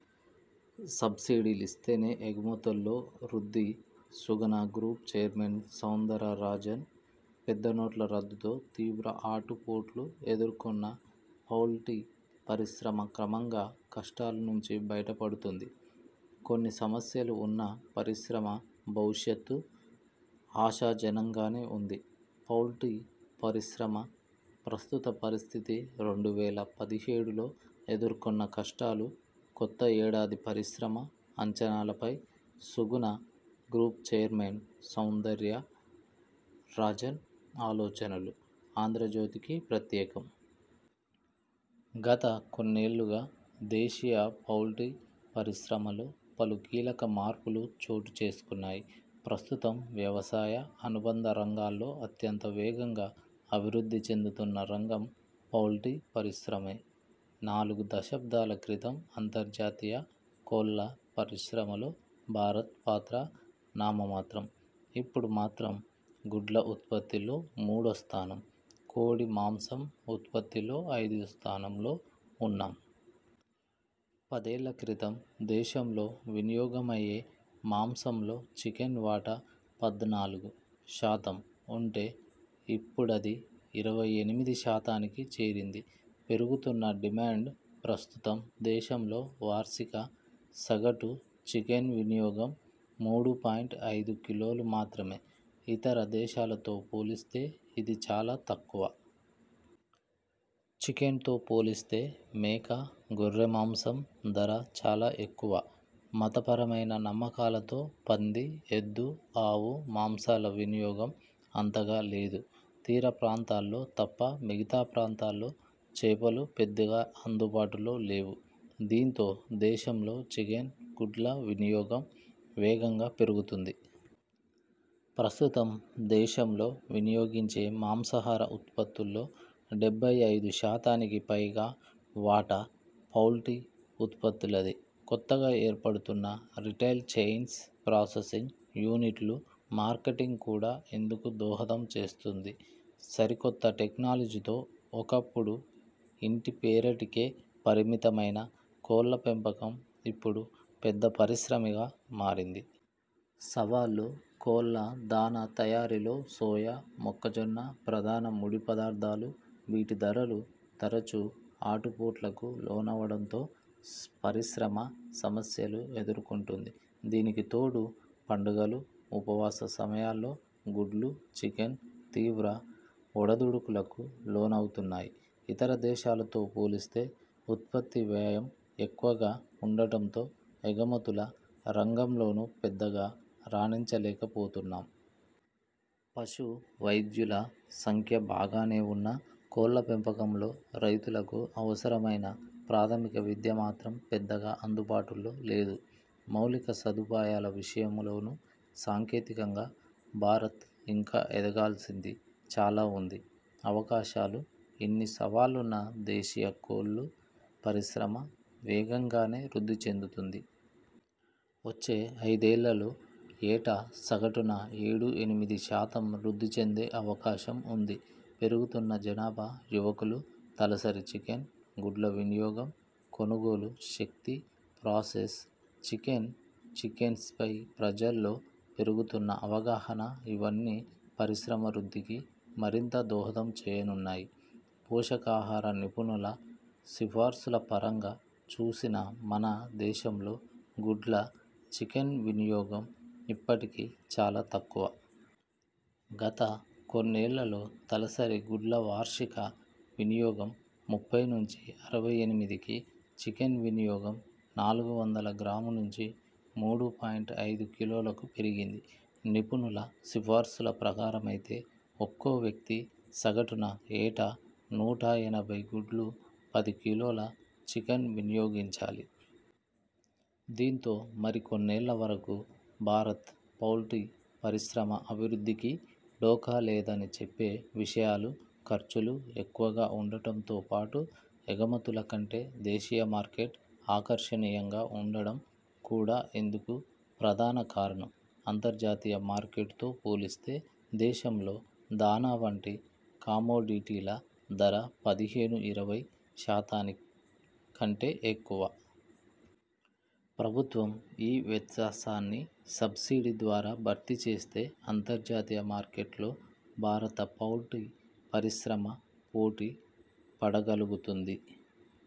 Subsidy లిస్తేనే ఎగుమతుల్లో వృద్ధి Suguna group chairman Soundararajan పెద్ద నోట్ల రద్దు తో తీవ్ర ఆటు పోట్లు ఎదుర్కొన్న పౌల్ట్రీ పరిశ్రమ క్రమంగా కష్టాల నుంచి బయట పడుతోంది. కొన్ని సమస్యలు ఉన్నా పరిశ్రమ భవిష్యత్ ఆశాజనంగానే ఉంది. పౌల్ట్రీ పరిశ్రమ ప్రస్తుత పరిస్థితి, రెండు వేల పదిహేడులో ఎదుర్కొన్న కష్టాలు, కొత్త ఏడాది పరిశ్రమ అంచనాల పై Suguna group chairman Soundararajan ఆలోచనలు 'ఆంధ్రజ్యోతి'కి ప్రత్యేకం. గత కొన్నేళ్లుగా దేశీయ పౌల్ట్రీ పరిశ్రమలో పలు కీలక మార్పులు చోటు చేసుకున్నాయి. ప్రస్తుతం వ్యవసాయ అనుబంధ రంగాల్లో అత్యంత వేగంగా అభివృద్ధి చెందుతున్న రంగం పౌల్ట్రీ పరిశ్రమే. నాలుగు దశాబ్ధాల క్రితం అంతర్జాతీయ కోళ్ల పరిశ్రమలో భారత్ పాత్ర నామమాత్రం. ఇపుడు మాత్రం గుడ్ల ఉత్పత్తిలో మూడో స్థానం, కోడి మాంసం ఉత్పత్తిలో ఐదో స్థానంలో ఉన్నాం. పదేళ్ల క్రితం దేశంలో వినియోగ మయ్యే మాంసంలో చికెన్ వాటా పద్నాలుగు శాతం ఉంటే ఇప్పుడది ఇరవై ఎనిమిది శాతానికి చేరింది. పెరుగుతున్న డిమాండ్ ప్రస్తుతం దేశంలో వార్షిక సగటు చికెన్ వినియోగం మూడు పాయింట్ ఐదు కిలోలు మాత్రమే. ఇతర దేశాలతో పోలిస్తే ఇది చాలా తక్కువ. చికెన్తో పోలిస్తే మేక, గొర్రె మాంసం ధర చాలా ఎక్కువ. మత పరమైన నమ్మకాలతో పంది, ఎద్దు, ఆవు మాంసాల వినియోగం అంతగా లేదు. తీర ప్రాంతాల్లో తప్ప మిగతా ప్రాంతాల్లో చేపలు పెద్దగా అందుబాటులో లేవు. దీంతో దేశంలో చికెన్, గుడ్ల వినియోగం వేగంగా పెరుగుతోంది. ప్రస్తుతం దేశంలో వినియోగించే మాంసాహార ఉత్పత్తుల్లో డెబ్బై ఐదు శాతానికి పైగా వాటా పౌల్ట్రీ ఉత్పత్తులదే. కొత్తగా ఏర్పడుతున్న రిటైల్ చెయిన్స్, ప్రాసెసింగ్ యూనిట్లు, మార్కెటింగ్ కూడా ఇందుకు దోహదం చేస్తోంది. సరికొత్త టెక్నాలజీతో ఒకప్పుడు ఇంటి పెరటికే పరిమితమైన కోళ్ల పెంపకం ఇపుడు పెద్ద పరిశ్రగా మారింది. సవాళ్లు, కోళ్ల దాణా తయారీలో సోయా, మొక్కజొన్న ప్రధాన ముడి పదార్ధాలు. వీటి ధరలు తరచూ ఆటు పోట్లకు లోనవడంతో పరిశ్రమ సమస్యలు ఎదుర్కొంటోంది. దీనికి తోడు పండగలు ఉపవాస సమయాల్లో గుడ్లు, చికెన్ తీవ్ర ఒడుదుడుకులకు లోనవుతున్నాయి. ఇతర దేశాలతో పోలిస్తే ఉత్పత్తి వ్యయం ఎక్కువగా ఉండడంతో ఎగుమతుల రంగంలోనూ పెద్దగా రాణించలేక పోతున్నాం. పశు వైద్యుల సంఖ్య బాగానే ఉన్నా కోళ్ల పెంపకంలో రైతులకు అవసరమైన ప్రాథమిక విద్య మాత్రం పెద్దగా అందుబాటులో లేదు. మౌలిక సదుపాయాల విషయం లోనూ సాంకేతికంగా భారత్ ఇంకా ఎదగాల్సింది చాలా ఉంది. అవకాశాలు ఇన్ని సవాళ్లున్నా దేశీయ కోళ్ల పరిశ్రమ వేగంగానే వృద్ధి చెందుతోంది. వచ్చే ఐదేళ్లలో ఏటా సగటున ఏడు ఎనిమిది శాతం వృద్ధి చెందే అవకాశం ఉంది. పెరుగుతున్న జనాభా, యువకులు, తలసరి చికెన్, గుడ్ల వినియోగం, కొనుగోలు శక్తి, ప్రాసెస్ చేసిన చికెన్పై ప్రజల్లో పెరుగుతున్న అవగాహన ఇవన్నీ పరిశ్రమ వృద్ధికి మరింత దోహదం చేయనున్నాయి. పోషకాహార నిపుణుల సిఫార్సులపరంగా చూసినా మన దేశంలో గుడ్ల, చికెన్ వినియోగం ఇప్పటికీ చాలా తక్కువ. గత కొన్నేళ్లలో తలసరి గుడ్ల వార్షిక వినియోగం ముప్పై నుంచి అరవై ఎనిమిదికి, చికెన్ వినియోగం నాలుగు వందల గ్రాముల నుంచి మూడు పాయింట్ ఐదు కిలోలకు పెరిగింది. నిపుణుల సిఫార్సుల ప్రకారమైతే ఒక్కో వ్యక్తి సగటున ఏటా నూట ఎనభై గుడ్లు, పది కిలోల చికెన్ వినియోగించాలి. దీంతో మరి కొన్నేళ్ల వరకు భారత పౌల్టీ పరిశ్రమ అభివృద్ధికి ఢోకా లేదని చెప్పే విషయాలు. ఖర్చులు ఎక్కువగా ఉండడంతో పాటు, ఎగమతుల కంటే దేశీయ మార్కెట్ ఆకర్షణీయంగా ఉండడం కూడా ఇందుకు ప్రధాన కారణం. అంతర్జాతీయ మార్కెట్తో పోలిస్తే దేశంలో దాణా వంటి కమోడిటీల ధర పదిహేను ఇరవై శాతాని కంటే ఎక్కువ. ప్రభుత్వం ఈ వ్యత్సాసాన్ని సబ్సిడీ ద్వారా భర్తీ చేస్తే అంతర్జాతీయ మార్కెట్లో భారత పౌల్ట్రీ పరిశ్రమ పోటీ పడగలుగుతుంది.